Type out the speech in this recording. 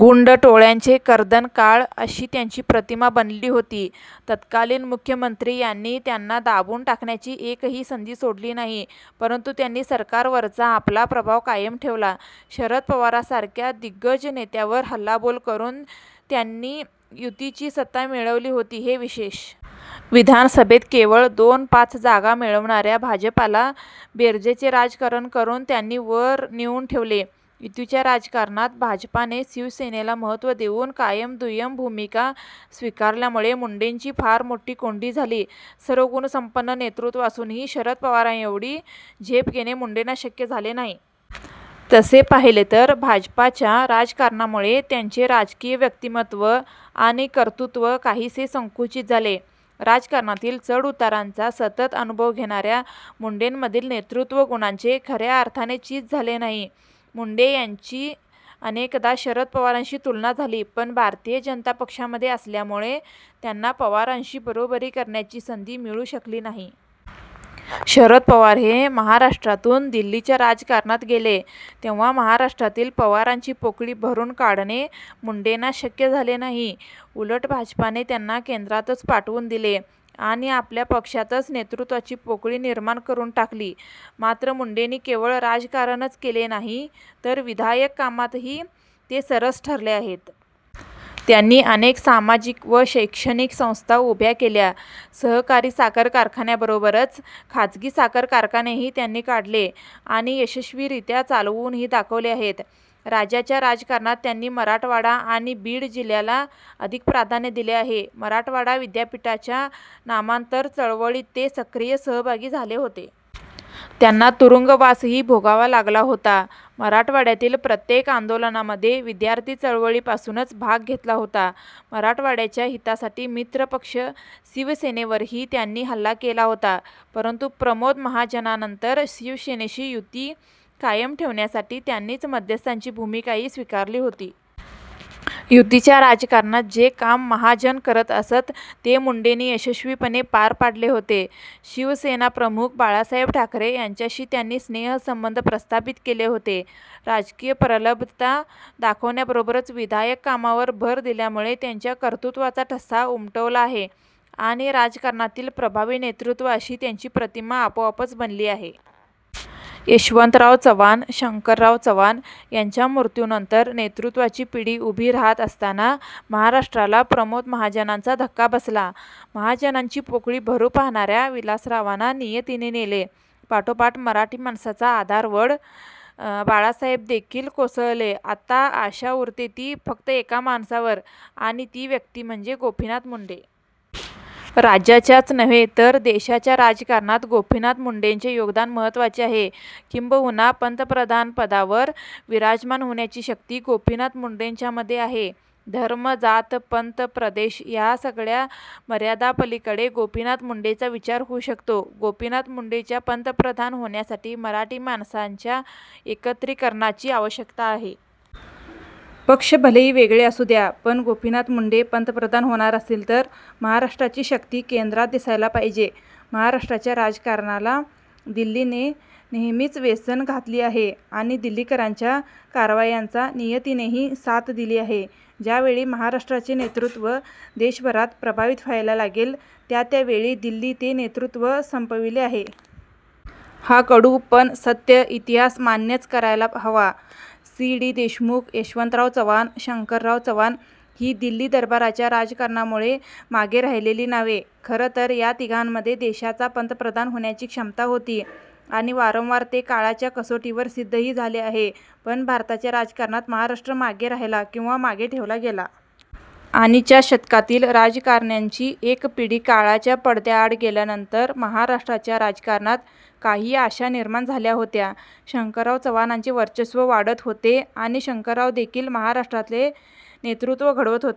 गुण्ड टोळय़ांचे कर्दनकाळ अशी त्यांची प्रतिमा बनली होती. तत्कालीन मुख्यमंत्री यांनी त्यांना दाबून टाकण्याची एकही संधी सोडली नाही; परंतु त्यांनी सरकारवरचा आपला प्रभाव कायम ठेवला. शरद पवारांसारख्या दिग्गज नेत्यावर हल्लाबोल करून त्यांनी युतीची सत्ता मिळवली होती, हे विशेष. विधानसभेत केवळ दोन-पाच जागा मिळवणाऱ्या भाजपाला बेरजेचे राजकारण करून त्यांनी वर नेऊन ठेवले. युतीच्या राजकारणात भाजपाने शिवसेनेला महत्त्व देऊन कायम दुय्यम भूमिका स्वीकारल्यामुळे मुंडेंची फार मोठी कोंडी झाली. सर्वगुणसम्पन्न नेतृत्व असूनही शरद पवारांएवढी झेप घेणे मुंडेंना शक्य झाले नाही. तसे पाहिले तर भाजपाच्या राजकारणामुळे त्यांचे राजकीय व्यक्तिमत्त्व आणि कर्तृत्त्व काहीसे संकुचित झाले. राजकारणातील चढउतारांचा सतत अनुभव घेणाऱ्या मुंडेंमधील नेतृत्व गुणांचे खऱ्या अर्थाने चिज झाले नाही. मुंडे यांची अनेकदा शरद पवारांशी तुलना झाली; पण भारतीय जनता पक्षामध्ये असल्यामुळे त्यांना पवारांशी बरोबरी करण्याची संधी मिळू शकली नाही. शरद पवार हे महाराष्ट्रातून दिल्लीच्या राजकारणात गेले, तेव्हा महाराराष्ट्रातील पवारांची पोकळी भरून काढणे मुंडेंना शक्य झाले नाही. उलट भाजपाने त्यांना केंद्रातच पाठवून दिले आणि आपल्या पक्षातच नेतृत्वाची पोकळी निर्माण करून टाकली. मात्र मुंडेंनी केवळ राजकारणच केले नाही, तर विधायक कामातही ते सरस ठरले आहेत. त्यांनी अनेक सामाजिक व शैक्षणिक संस्था उभ्या केल्या. सहकारी साखर कारखान्यांबरोबरच खाजगी साखर कारखानेही त्यांनी काढले आणि यशस्वीरीत्या चालवूनही दाखवले आहेत. राज्याच्या राजकारणात त्यांनी मराठवाडा आणि बीड जिल्ह्याला अधिक प्राधान्य दिले आहे. मराठवाडा विद्यापीठाच्या नामांतर चळवळीत ते सक्रिय सहभागी झाले होते. त्यांना तुरुंगवासही भोगावा लागला होता. मराठवाडय़ातील प्रत्येक आंदोलनामध्ये विद्यार्थी चळवळीपासूनच भाग घेतला होता. मराठवाडय़ाच्या हितासाठी मित्रपक्ष शिवसेनेवरही त्यांनी हल्ला केला होता; परंतु प्रमोद महाजनांनंतर शिवसेनेशी युती कायम ठेवण्यासाठी त्यांनीच मध्यस्थाची भूमिकाही स्वीकारली होती. युतीच्या राजकारणात जे काम महाजन करतअसत ते मुंडेंनी यशस्वीपणे पार पाडले होते. शिवसेनाप्रमुख बाळासाहेब ठाकरे यांच्याशी त्यांनी स्नेहसंबंध प्रस्थापित केले होते. राजकीय प्रगल्भता दाखवण्याबरोबरच विधायक कामावर भर दिल्यामुळे त्यांच्या कर्तृत्त्वाचा ठसा उमटवला आहे आणि राजकारणातील प्रभावी नेतृत्व अशी त्यांची प्रतिमा आपोआपच बनली आहे. यशवन्तराव चव्हाण, शंकरराव चव्हाण यांच्या मृत्यूनंतर नेतृत्वाची पिढी उभी राहत असताना महाराष्ट्राला प्रमोद महाजनांचा धक्का बसला. महाजनांची पोकळी भरू पाहणाऱ्या विलासरावांना नियतीने नेले. पाठोपाठ मराठी माणसांचा आधारवड बाळासाहेबदेखील कोसळले. आता आशा उरते ती फक्त एका माणसांवर आणि ती व्यक्ती म्हणजे गोपीनाथ मुंडे. राज्याच्याच नव्हे तर देशाच्या राजकारणात गोपीनाथ मुंडेचे योगदान महत्त्वाचे आहे. किंबहुना पन्तप्रधानपदावर विराजमान होण्याची शक्ती गोपीनाथ मुंडेच्यामध्ये आहे. धर्म-जात-पंथ-प्रदेश या सगळय़ा मर्यादांपलीकडे गोपीनाथ मुंडेचा विचार होऊ शकतो. गोपीनाथ मुंडेच्या पन्तप्रधान होण्यासाठी मराठी माणसांच्या एकत्रीकरणाची आवश्यकता आहे. पक्ष भलेही वेगळे असू द्या पण गोपीनाथ मुंडे पन्तप्रधान होणार असतील तर महाराष्ट्राची शक्ती केंद्रात दिसायला पाहिजे. महाराष्ट्राच्या राजकारणाला दिल्लीने नेहमीच वेसण घातली आहे आणि दिल्लीकरांच्या कारवायांचा नियतीनेही साथ दिली आहे. ज्या वेळी महाराष्ट्राचे नेतृत्व देशभरात प्रभावित व्हायला लागेल त्या त्या वेळी दिल्ली ते नेतृत्व संपविले आहे. हा कडू पण सत्य इतिहास मान्यच करायला हवा. सी. डी. देशमुख, यशवन्तराव चव्हाण, शंकरराव चव्हाण ही दिल्ली दरबाराच्या राजकारणामुळे मागे राहिलेली नावे. खरंतर या तिघांमध्ये देशाचा पन्तप्रधान होण्याची क्षमता होती आणि वारंवार ते काळाच्या कसोटीवर सिद्धही झाले आहे; पण भारताच्या राजकारणात महाराष्ट्र मागे राहिला किंवा मागे ठेवला गेला. आणि च्या शतकातील राजकारण्यांची एक पिढी काळाच्या पडद्याआड गेल्यानंतर महाराष्ट्राच्या राजकारणात काही आशा निर्माण झाल्या होत्या. शंकरराव चव्हाणांचे वर्चस्व वाढत होते आणि शंकररावदेखील महाराष्ट्रातले नेतृत्व घडवत होते.